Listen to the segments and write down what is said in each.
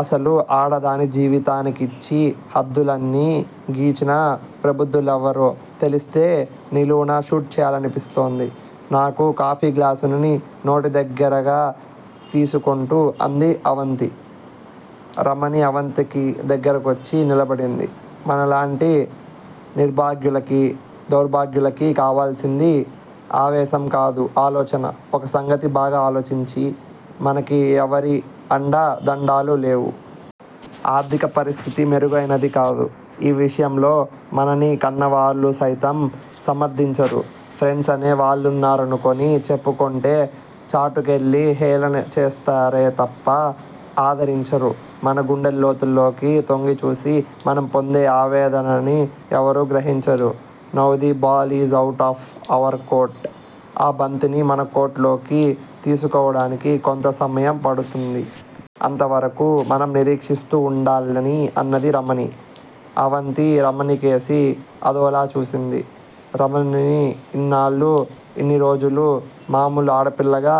అసలు ఆడదాని జీవితానికిచ్చి హద్దుల్ని గీచిన ప్రబుద్ధులెవరో తెలిస్తే నిలువునా షూట్ చెయ్యాలనిపిస్తోంది. నాకు కాఫీ గ్లాసుని నోటి దగ్గరగా తీసుకొంటూ అంది అవంతి. రమణి అవంతికి దగ్గరకొచ్చి నిలబడింది. మనలాంటి నిర్భాగ్యులకీ, దౌర్భాగ్యులకీ కావల్సింది ఆవేశం కాదు ఆలోచన. ఒక్క సంగతి బాగా ఆలోచించు. మనకి ఎవరి అండ దండలూ లేవు. ఆర్థిక పరిస్థితి మెరుగైనదీకాదు. ఈ విషయంలో మనని కన్నవాళ్ళు సైతం సమర్థించరు. ఫ్రెండ్సనే వాళ్ళున్నారనుకొని చెప్పుకొంటే చాటుకెళ్ళి హేళనచేస్తారే తప్ప ఆదరించరు. మన గుండెలోతుల్లోకి తొంగిచూసి మనం పొందే ఆవేదనని ఎవరూ గ్రహించరు. Now the ball is out of our court, ఆ బంతిని మన కోర్టులోకి తీసుకోడానికి కొంత సమయం పడుతుంది. అంతవరకూ మనం నిరీక్షిస్తూ వుండాలి అన్నది రమణి. అవంతి రమణికేసి అదోలా చూసింది. రమణిని ఇన్నాళ్ళూ, ఇన్ని రోజులూ, మామూలు ఆడపిల్లగా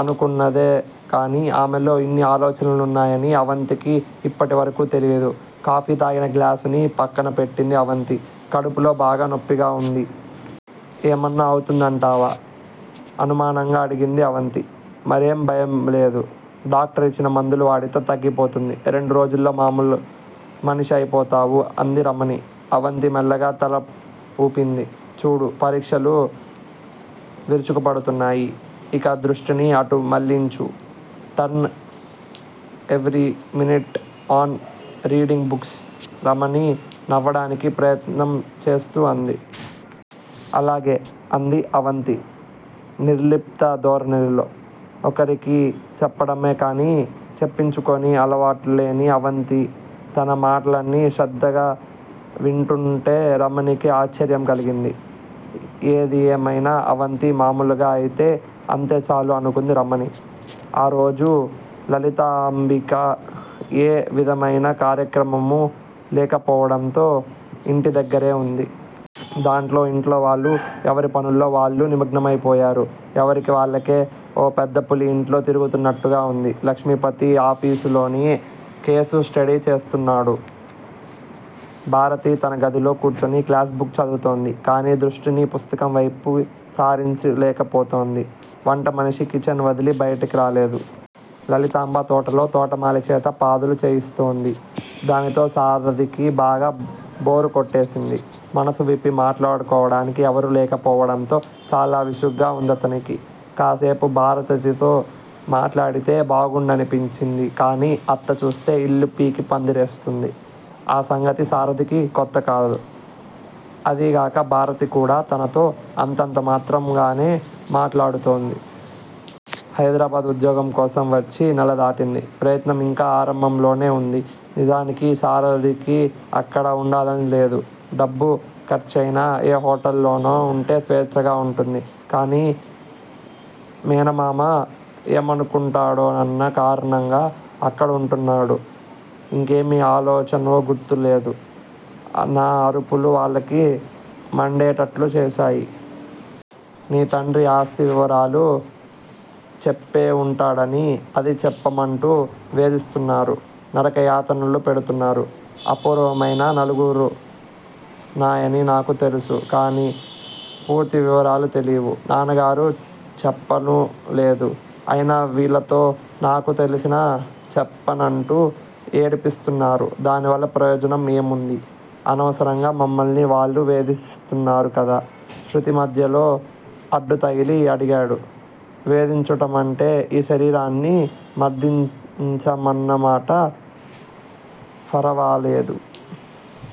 అనుకున్నదే కానీ ఆమెలో ఇన్ని ఆలోచనలున్నాయని అవంతికి ఇప్పటివరకూ తెలీదు. కాఫీ తాగిన గ్లాసుని పక్కన పెట్టింది అవంతి. కడుపులో బాగా నొప్పిగా వుంది. ఏమన్నా అవుంతుందంటావా? అనుమానంగా అడిగింది అవంతి. మరేం భయంలేదు. డాక్టరిచ్చిన మందులు వాడితే తగ్గిపోతుంది. రెండు రోజుల్లో మామూలు మనిషివైపోతావు అంది రమణి. అవంతి మెల్లగా తల వూపింది. చూడు, పరీక్షలు విరుచుకుపడుతున్నాయి. ఇక దృష్టిని అటు మళ్ళించు. Turn every minute on reading books Ramani నవ్వడానికి ప్రయత్నం చేస్తూ అంది. అలాగే! అంది అవంతి నిర్లిప్త ధోరణిలో. ఒకరికి చెప్పడమే కానీ చెప్పించుకొనే అలవాటులేని అవంతి తన మాటలని శ్రద్ధగా వింటూంటే రమణికే ఆశ్చర్యం కలిగింది. ఏది ఏమైనా 'అవంతి' మామూలుగా అయితే అంతేచాలు అనుకొంది రమణి. ఆ రోజు లలితాంబకి ఏ విధమైన కార్యక్రమమూ లేకపోవడంతో ఇంటి దగ్గరే వుంది. దాంతో ఇంట్లోవాళ్ళు ఎవరి పనుల్లో వాళ్ళు నిమగ్నమయిపోయారు ఎవరికి వాళ్ళకే ఓ పెద్దపులి ఇంట్లో తిరుగుతున్నట్టుగా ఉంది. లక్ష్మిపతి ఆఫీసులోనే కేసు స్టడీ చేస్తున్నాడు. భారతి తన గదిలో కూర్చుని క్లాస్ బుక్ చదువుతోంది. కానీ దృష్టిని పుస్తకం పైకి సారించలేకపోతోంది. వంటమనిషి కిచెన్ వదిలి బయటికి రాలేదు. లలితాంబ తోటలో తోటమాలిచేత పాదులు చేయిస్తోంది. దానితో సారధికి బాగా బోరు కొట్టేసింది. మనస్సు విప్పి మాట్లాడుకోడానికి ఎవరూ లేకపోవడంతో చాలా విసుగ్గా ఉందతనికి. కాస్సేపు భారతితో మాట్లాడితే బాగుండుననిపించింది కానీ 'అత్త' చూస్తే ఇల్లు పీకి పందిరేస్తుంది. ఆ సంగతి సారథికి కొత్తకాదు. అదీగాక భారతి కూడా తనతో అంతంత మాత్రంగానే మాట్లాడుతోంది. హైదరాబాదు ఉద్యోగం కోసం వచ్చి నెల దాటింది. ప్రయత్నం ఇంకా ఆరంభంలోనే వుంది. నిజానికి సారథికి అక్కడ ఉండాలని లేదు. డబ్బు ఖర్చయినా ఏ హోటల్లోనో ఉంటే స్వేచ్ఛగా ఉంటుంది. కానీ, మేనమామ ఏమనుకుంటాడోనన్న కారణంగా అక్కడ ఉంటున్నాడు. ఇంకేమి అరిచానో గుర్తులేదు. నా అరుపులు వాళ్ళకి మండేటట్లు చేశాయి. నీ తండ్రి ఆస్తి వివరాలు చెప్పేవుంటాడని అది చెప్పమంటూ వేధిస్తూన్నారు. నరకయాతనలు పెడుతున్నారు. అపూర్వమైన నగలున్నాయని నాకు తెలుసు. కానీ పూర్తి వివరాలు తెలియవు. నాన్నగారు చెప్పనూలేదు. అయినా వీళ్ళతో నాకు తెలిసినా చెప్పనంటూ ఏడ్పిస్తున్నాను దానివల్ల ప్రయోజనం ఏముంది. అనవసరంగా మిమ్మల్ని వాళ్ళు వేధిస్తున్నారుకదా? శృతి మధ్యలో అడ్డుతగిలి అడిగింది. వేధించటమంటే ఈ శరీరాన్ని మర్థించమన్నమాట ఫరవాలేదు